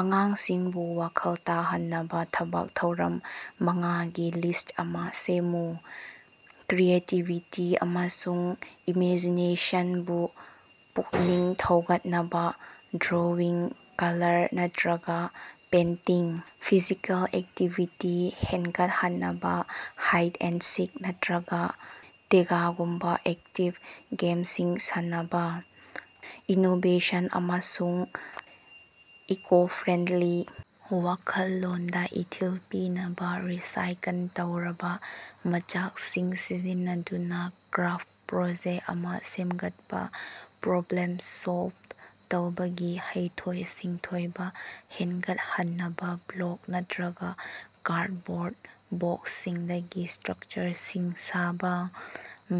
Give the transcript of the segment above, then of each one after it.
ꯑꯉꯥꯡꯁꯤꯡꯕꯨ ꯋꯥꯈꯜ ꯇꯥꯍꯟꯅꯕꯥ ꯊꯕꯛ ꯊꯧꯔꯝ ꯃꯉꯥꯒꯤ ꯂꯤꯁ꯭ꯠ ꯑꯃꯥ ꯁꯦꯝꯃꯨ꯫ ꯀ꯭ꯔꯤꯌꯦꯇꯤꯕꯤꯇꯤ ꯑꯃꯁꯨꯡ ꯏꯃꯦꯖꯤꯅꯦꯁꯟꯕꯨ ꯄꯨꯛꯅꯤꯡ ꯊꯧꯒꯠꯅꯕꯥ drawing, colour ꯅꯠꯠꯔꯒꯥ painting. Physical activity ꯍꯦꯟꯒꯠꯍꯟꯅꯕꯥ ꯍꯥꯏꯗ ꯑꯦꯟꯗ ꯁꯤꯛ ꯅꯠꯇ꯭ꯔꯒꯥ ꯇꯦꯒꯒꯨꯝꯕꯥ ꯑꯦꯛꯇꯤꯚ ꯒꯦꯝꯁꯤꯡ ꯁꯥꯟꯅꯕꯥ꯫ ꯏꯅꯣꯕꯦꯁꯟ ꯑꯃꯁꯨꯡ ꯏꯀꯣ ꯐ꯭ꯔꯦꯟꯗꯂꯤ ꯋꯥꯈꯜꯂꯣꯟꯗꯥ ꯏꯊꯤꯜ ꯄꯤꯅꯕꯥ ꯔꯤꯁꯥꯏꯀꯟ ꯇꯧꯔꯕꯥ ꯃꯆꯥꯛꯁꯤꯡ ꯁꯤꯖꯤꯟꯅꯗꯨꯅꯥ ꯀ꯭ꯔꯥꯐ ꯄ꯭ꯔꯣꯖꯦꯛꯇ ꯑꯃꯥ ꯁꯦꯝꯒꯠꯄꯥ꯫ ꯄ꯭ꯔꯣꯕ꯭ꯂꯦꯝ ꯁꯣꯜꯕ ꯇꯧꯕꯒꯤ ꯍꯩꯊꯣꯏ-ꯁꯤꯡꯊꯣꯏꯕꯥ ꯍꯦꯟꯒꯠꯍꯟꯅꯕꯥ ꯕ꯭ꯂꯣꯛ ꯅꯠꯇ꯭ꯔꯒꯥ ꯀꯥꯔꯗꯕꯣꯔꯗ ꯕꯣꯛꯁꯁꯤꯡꯗꯒꯤ ꯁ꯭ꯠꯔꯀꯆꯔꯁꯤꯡ ꯁꯥꯕꯥ꯫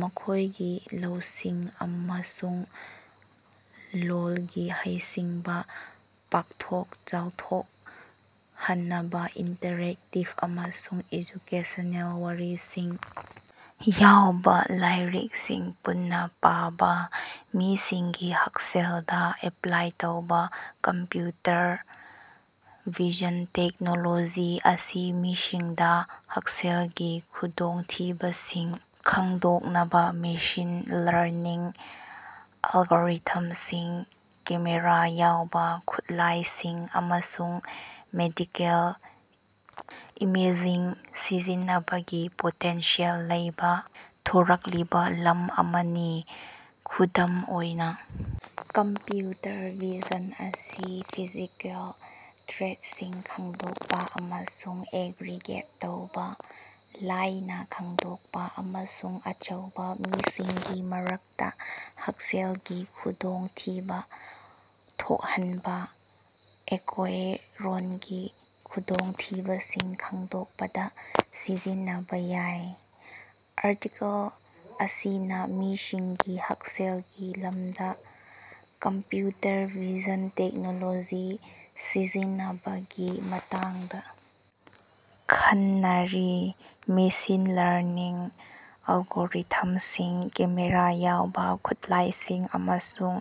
ꯃꯈꯣꯏꯒꯤ ꯂꯧꯁꯤꯡ ꯑꯃꯁꯨꯡ ꯂꯣꯜꯒꯤ ꯍꯩꯁꯤꯡꯕꯥ ꯄꯥꯛꯊꯣꯛ ꯆꯥꯎꯊꯣꯛꯍꯟꯅꯕꯥ ꯏꯟꯇꯔꯦꯛꯇꯤꯚ ꯑꯃꯁꯨꯡ ꯑꯦꯖꯨꯀꯦꯁꯅꯦꯜ ꯋꯥꯔꯤꯁꯤꯡ ꯌꯥꯎꯕ ꯂꯥꯏꯔꯤꯛꯁꯤꯡ ꯄꯨꯟꯅꯥ ꯄꯥꯕꯥ꯫ ꯃꯤꯁꯤꯡꯒꯤ ꯍꯛꯁꯦꯜꯗꯥ ꯑꯦꯞꯂꯥꯏ ꯇꯧꯕ ꯀꯝꯞꯌꯨꯇꯔ ꯚꯤꯖꯟ ꯇꯦꯛꯅꯣꯂꯣꯖꯤ ꯑꯁꯤ ꯃꯤꯁꯤꯡꯗꯥ ꯍꯛꯁꯦꯜꯒꯤ ꯈꯨꯗꯣꯡꯊꯤꯕꯁꯤꯡ ꯈꯪꯗꯣꯛꯅꯕꯥ ꯃꯤꯁꯤꯟ ꯂꯔꯅꯤꯡ ꯑꯜꯔꯤꯊꯝꯁꯤꯡ, ꯀꯦꯃꯦꯔꯥ ꯌꯥꯎꯕꯥ ꯈꯨꯠꯂꯥꯏꯁꯤꯡ, ꯑꯃꯁꯨꯡ ꯃꯦꯗꯤꯀꯦꯜ ꯏꯃꯦꯖꯤꯡ ꯁꯤꯖꯤꯟꯅꯕꯒꯤ ꯄꯣꯇꯦꯟꯁꯤꯌꯦꯜ ꯂꯩꯕ ꯊꯣꯔꯛꯂꯤꯕꯥ ꯂꯝ ꯑꯃꯅꯤ꯫ ꯈꯨꯗꯝ ꯑꯣꯏꯅꯥ, ꯀꯝꯞꯌꯨꯇꯔ ꯚꯤꯖꯟ ꯑꯁꯤ ꯐꯤꯖꯤꯀꯦꯜ ꯇ꯭ꯔꯦꯠꯁꯤꯡ ꯈꯪꯗꯣꯛꯄꯥ ꯑꯃꯁꯨꯡ ꯑꯦꯒ꯭ꯔꯤꯒꯦꯠ ꯇꯧꯕ, ꯂꯥꯏꯅꯥ ꯈꯪꯗꯣꯛꯄꯥ, ꯑꯃꯁꯨꯡ ꯑꯆꯧꯕ ꯃꯤꯁꯤꯡꯒꯤ ꯃꯔꯛꯇꯥ ꯍꯛꯁꯦꯜꯒꯤ ꯈꯨꯗꯣꯡꯊꯤꯕꯥ ꯊꯣꯛꯍꯟꯕꯥ ꯑꯀꯣꯌꯔꯣꯟꯒꯤ ꯈꯨꯗꯣꯡꯊꯤꯕꯁꯤꯡ ꯈꯪꯗꯣꯛꯄꯗꯥ ꯁꯤꯖꯤꯟꯅꯕꯥ ꯌꯥꯏ꯫ ꯑꯥꯔꯇꯤꯀꯜ ꯑꯁꯤꯅꯥ ꯃꯤꯁꯤꯡꯒꯤ ꯍꯛꯁꯦꯜꯒꯤ ꯂꯝꯗꯥ ꯀꯝꯞꯌꯨꯇꯔ ꯚꯤꯖꯟ ꯇꯦꯛꯅꯣꯂꯣꯖꯤ ꯁꯤꯖꯤꯟꯅꯕꯒꯤ ꯃꯇꯥꯡꯗꯥ ꯈꯟꯅꯔꯤ꯫ ꯃꯦꯁꯤꯟ ꯂꯔꯅꯤꯡ ꯑꯦꯂꯒꯣꯔꯤꯊꯝꯁꯤꯡ, ꯀꯦꯃꯦꯔꯥ ꯌꯥꯎꯕ ꯈꯨꯠꯂꯥꯏꯁꯤꯡ, ꯑꯃꯁꯨꯡ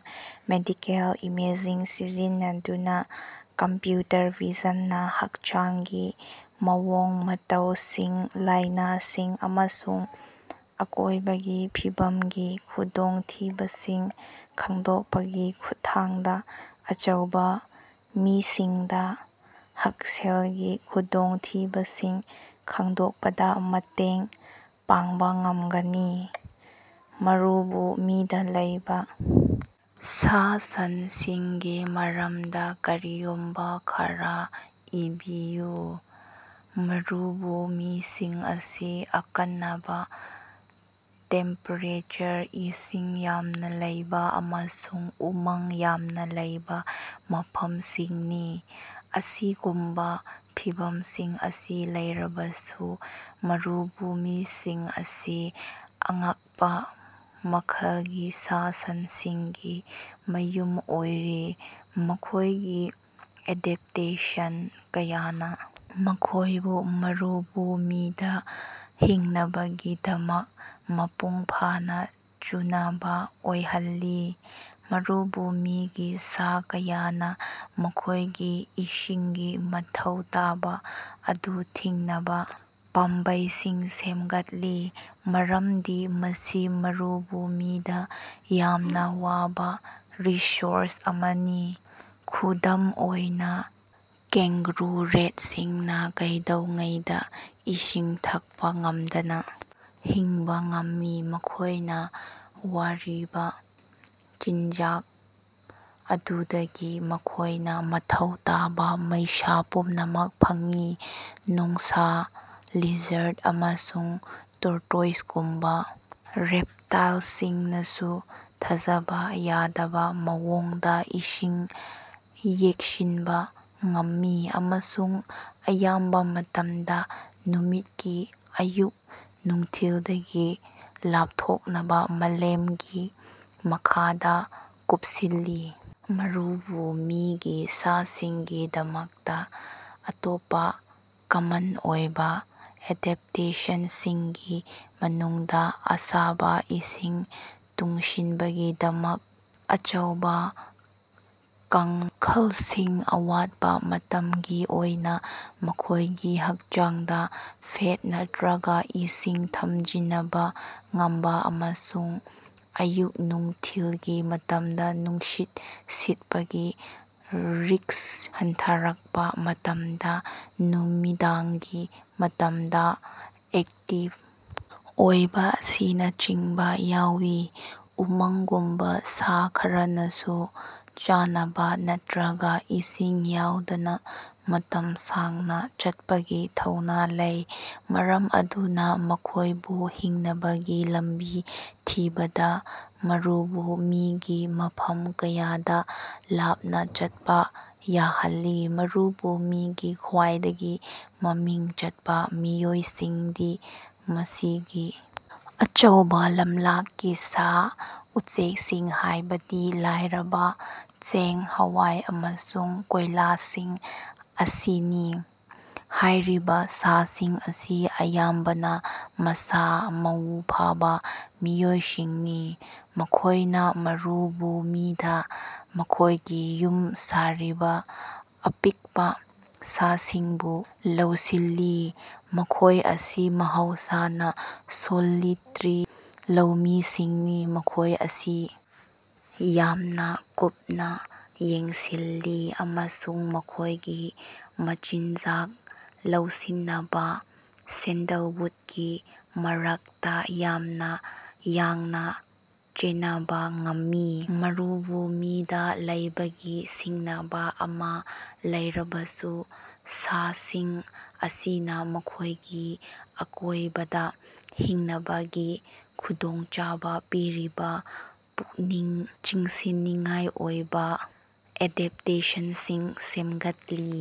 ꯃꯦꯗꯤꯀꯦꯜ ꯏꯃꯦꯖꯤꯡ ꯁꯤꯖꯤꯟꯅꯗꯨꯅꯥ ꯀꯝꯞꯌꯨꯇꯔ ꯚꯤꯖꯟꯅꯥ ꯍꯛꯆꯥꯡꯒꯤ ꯃꯑꯣꯡ ꯃꯇꯧꯁꯤꯡ, ꯂꯥꯏꯅꯥꯁꯤꯡ ꯑꯃꯁꯨꯡ ꯑꯀꯣꯏꯕꯒꯤ ꯐꯤꯕꯝꯒꯤ ꯈꯨꯗꯣꯡꯊꯤꯕꯁꯤꯡ ꯈꯪꯗꯣꯛꯄꯒꯤ ꯈꯨꯠꯊꯥꯡꯗꯥ ꯑꯆꯧꯕꯥ ꯃꯤꯁꯤꯡꯗꯥ ꯍꯛꯁꯦꯜꯒꯤ ꯈꯨꯗꯣꯡꯊꯤꯕꯁꯤꯡ ꯈꯪꯗꯣꯛꯄꯗꯥ ꯃꯇꯦꯡ ꯄꯥꯡꯕꯥ ꯉꯝꯒꯅꯤ꯫ ꯃꯔꯨꯚꯨꯃꯤꯗꯥ ꯂꯩꯕꯥ ꯁꯥ ꯁꯟꯁꯤꯡꯒꯤ ꯃꯔꯝꯗꯥ ꯀꯔꯤꯒꯨꯝꯕꯥ ꯈꯔꯥ ꯏꯕꯤꯌꯨ꯫ ꯃꯔꯨꯚꯨꯃꯤꯁꯤꯡ ꯑꯁꯤ ꯑꯀꯟꯅꯕꯥ ꯇꯦꯝꯄꯦꯔꯦꯆꯔ, ꯏꯁꯤꯡ ꯌꯥꯝꯅ ꯂꯩꯕ ꯑꯃꯁꯨꯡ ꯎꯃꯪ ꯌꯥꯝꯅ ꯂꯩꯕ ꯃꯐꯝꯁꯤꯡꯅꯤ꯫ ꯑꯁꯤꯒꯨꯝꯕꯥ ꯐꯤꯚꯝꯁꯤꯡ ꯑꯁꯤ ꯂꯩꯔꯕꯁꯨ ꯃꯔꯨꯚꯨꯃꯤꯁꯤꯡ ꯑꯁꯤ ꯑꯉꯛꯄꯥ ꯃꯈꯜꯒꯤ ꯁꯥ ꯁꯟꯁꯤꯡꯒꯤ ꯃꯌꯨꯝ ꯑꯣꯏꯔꯤ, ꯃꯈꯣꯏꯒꯤ ꯑꯦꯗꯦꯞꯇꯦꯁꯟ ꯀꯌꯥꯅꯥ ꯃꯈꯣꯏꯕꯨ ꯃꯔꯨꯚꯨꯃꯤꯗꯥ ꯍꯤꯡꯅꯕꯒꯤꯗꯃꯛ ꯃꯄꯨꯡ ꯐꯥꯅꯥ ꯆꯨꯅꯕꯥ ꯑꯣꯏꯍꯜꯂꯤ꯫ ꯃꯔꯨꯚꯨꯃꯤꯒꯤ ꯁꯥ ꯀꯌꯥꯅꯥ ꯃꯈꯣꯏꯒꯤ ꯏꯁꯤꯡꯒꯤ ꯃꯊꯧ ꯇꯥꯕ ꯑꯗꯨ ꯊꯤꯡꯅꯕꯥ ꯄꯥꯝꯕꯩꯁꯤꯡ ꯁꯦꯝꯒꯠꯂꯤ, ꯃꯔꯝꯗꯤ ꯃꯁꯤ ꯃꯔꯨꯚꯨꯃꯤꯗꯥ ꯌꯥꯝꯅ ꯋꯥꯕ ꯔꯤꯁꯣꯔꯁ ꯑꯃꯅꯤ꯫ ꯈꯨꯗꯝ ꯑꯣꯏꯅꯥ, ꯀꯦꯉ꯭ꯒꯥꯔꯨ ꯔꯦꯠꯁꯤꯡꯅꯥ ꯀꯩꯗꯧꯉꯩꯗꯥ ꯏꯁꯤꯡ ꯊꯛꯄꯥ ꯉꯝꯗꯅꯥ ꯍꯤꯡꯕꯥ ꯉꯝꯃꯤ, ꯃꯈꯣꯏꯅꯥ ꯆꯥꯔꯤꯕꯥ ꯆꯤꯟꯖꯥꯛ ꯑꯗꯨꯗꯒꯤ ꯃꯈꯣꯏꯅꯥ ꯃꯊꯧ ꯇꯥꯕꯥ ꯃꯩꯁꯥ ꯄꯨꯝꯅꯃꯛ ꯐꯪꯏ꯫ ꯅꯣꯡꯁꯥ, ꯂꯤꯖꯔꯗ ꯑꯃꯁꯨꯡ ꯇꯣꯔꯇꯣꯏꯁꯒꯨꯝꯕꯥ ꯔꯦꯄꯇꯥꯜꯁꯤꯡꯅꯁꯨ ꯊꯥꯖꯕ ꯌꯥꯗꯕ ꯃꯑꯣꯡꯗꯥ ꯏꯁꯤꯡ ꯌꯦꯛꯁꯤꯟꯕꯥ ꯉꯝꯃꯤ, ꯑꯃꯁꯨꯡ ꯑꯌꯥꯝꯕꯥ ꯃꯇꯝꯗꯥ ꯅꯨꯃꯤꯠꯀꯤ ꯑꯌꯨꯛ ꯅꯨꯡꯊꯤꯜꯗꯒꯤ ꯂꯥꯞꯊꯣꯛꯅꯕꯥ ꯃꯂꯦꯝꯒꯤ ꯃꯈꯥꯗꯥ ꯀꯨꯄꯁꯤꯜꯂꯤ꯫ ꯃꯔꯨꯚꯨꯃꯤꯒꯤ ꯁꯥꯁꯤꯡꯒꯤꯗꯃꯛꯇꯥ ꯑꯇꯣꯞꯄꯥ ꯀꯃꯟ ꯑꯣꯏꯕ ꯑꯦꯗꯦꯞꯇꯦꯁꯟꯁꯤꯡꯒꯤ ꯃꯅꯨꯡꯗꯥ ꯑꯁꯥꯕꯥ ꯏꯁꯤꯡ ꯇꯨꯡꯁꯤꯟꯕꯒꯤꯗꯃꯛ ꯑꯆꯧꯕꯥ ꯀꯥꯡꯈꯜꯁꯤꯡ, ꯑꯋꯥꯠꯄꯥ ꯃꯇꯝꯒꯤ ꯑꯣꯏꯅꯥ ꯃꯈꯣꯏꯒꯤ ꯍꯛꯆꯥꯡꯗꯥ ꯐꯦꯠ ꯅꯠꯇ꯭ꯔꯒꯥ ꯏꯁꯤꯡ ꯊꯝꯖꯤꯅꯕꯥ ꯉꯝꯕꯥ ꯑꯃꯁꯨꯡ ꯑꯌꯨꯛ-ꯅꯨꯡꯊꯤꯜꯒꯤ ꯃꯇꯝꯗꯥ ꯅꯨꯡꯁꯤꯠ ꯁꯤꯠꯄꯒꯤ ꯔꯤꯁ꯭ꯛ ꯍꯟꯊꯔꯛꯄꯥ ꯃꯇꯝꯗꯥ ꯅꯨꯃꯤꯗꯥꯡꯒꯤ ꯃꯇꯝꯗꯥ ꯑꯦꯛꯇꯤꯚ ꯑꯣꯏꯕ ꯑꯁꯤꯅꯆꯤꯡꯕꯥ ꯌꯥꯎꯏ꯫ ꯎꯃꯪꯒꯨꯝꯕꯥ ꯁꯥ ꯈꯔꯅꯁꯨ ꯆꯥꯅꯕꯥ ꯅꯠꯇ꯭ꯔꯒꯥ ꯏꯁꯤꯡ ꯌꯥꯎꯗꯅꯥ ꯃꯇꯝ ꯁꯥꯡꯅꯥ ꯆꯠꯄꯒꯤ ꯊꯧꯅꯥ ꯂꯩ, ꯃꯔꯝ ꯑꯗꯨꯅꯥ ꯃꯈꯣꯏꯕꯨ ꯍꯤꯡꯅꯕꯒꯤ ꯂꯝꯕꯤ ꯊꯤꯕꯗꯥ ꯃꯔꯨꯚꯨꯃꯤꯒꯤ ꯃꯐꯝ ꯀꯌꯥꯗꯥ ꯂꯥꯞꯅꯥ ꯆꯠꯄꯥ ꯌꯥꯍꯜꯂꯤ꯫ ꯃꯔꯨꯚꯨꯃꯤꯒꯤ ꯈ꯭ꯋꯥꯏꯗꯒꯤ ꯃꯃꯤꯡ ꯆꯠꯄꯥ ꯃꯤꯑꯣꯏꯁꯤꯡꯗꯤ ꯃꯁꯤꯒꯤ ꯑꯆꯧꯕꯥ ꯂꯝꯂꯛꯀꯤ ꯁꯥ ꯎꯆꯦꯛꯁꯤꯡ, ꯍꯥꯏꯕꯗꯤ ꯂꯥꯏꯔꯕꯥ, ꯆꯦꯡ-ꯍꯋꯥꯏ ꯑꯃꯁꯨꯡ ꯀꯣꯌꯂꯥꯁꯤꯡ ꯑꯁꯤꯅꯤ꯫ ꯍꯥꯏꯔꯤꯕꯥ ꯁꯥꯁꯤꯡ ꯑꯁꯤ ꯑꯌꯥꯝꯕꯅꯥ ꯃꯁꯥ ꯃꯎ ꯐꯕꯥ ꯃꯤꯑꯣꯏꯁꯤꯡꯅꯤ꯫ ꯃꯈꯣꯏꯅꯥ ꯃꯔꯨꯚꯨꯃꯤꯗꯥ ꯃꯈꯣꯏꯒꯤ ꯌꯨꯝ ꯁꯥꯔꯤꯕꯥ ꯑꯄꯤꯛꯄꯥ ꯁꯥꯁꯤꯡꯕꯨ ꯂꯧꯁꯤꯜꯂꯤ꯫ ꯃꯈꯣꯏ ꯑꯁꯤ ꯃꯍꯧꯁꯥꯅꯥ ꯁꯣꯂꯤꯇꯔꯤ ꯂꯧꯃꯤꯁꯤꯡꯅꯤ, ꯃꯈꯣꯏ ꯑꯁꯤ ꯌꯥꯝꯅ ꯀꯨꯞꯅꯥ ꯌꯦꯡꯁꯤꯜꯂꯤ ꯑꯃꯁꯨꯡ ꯃꯈꯣꯏꯒꯤ ꯃꯆꯤꯟꯖꯥꯛ ꯂꯧꯁꯤꯟꯅꯕꯥ ꯁꯦꯟꯗꯜꯋꯨꯠꯀꯤ ꯃꯔꯛꯇꯥ ꯌꯥꯝꯅꯥ ꯌꯥꯡꯅꯥ ꯆꯦꯅꯕꯥ ꯉꯝꯃꯤ꯫ ꯃꯔꯨꯚꯨꯃꯤꯗꯥ ꯂꯩꯕꯒꯤ ꯁꯤꯡꯅꯕꯥ ꯑꯃꯥ ꯂꯩꯔꯕꯁꯨ, ꯁꯥꯁꯤꯡ ꯑꯁꯤꯅꯥ ꯃꯈꯣꯏꯒꯤ ꯑꯀꯣꯏꯕꯗꯥ ꯍꯤꯡꯅꯕꯒꯤ ꯈꯨꯗꯣꯡꯆꯥꯕꯥ ꯄꯤꯔꯤꯕꯥ ꯄꯨꯛꯅꯤꯡ ꯆꯤꯡꯁꯤꯟꯅꯤꯡꯉꯥꯏ ꯑꯣꯏꯕ ꯑꯦꯗꯦꯞꯇꯦꯁꯟꯁꯤꯡ ꯁꯦꯝꯒꯠꯂꯤ꯫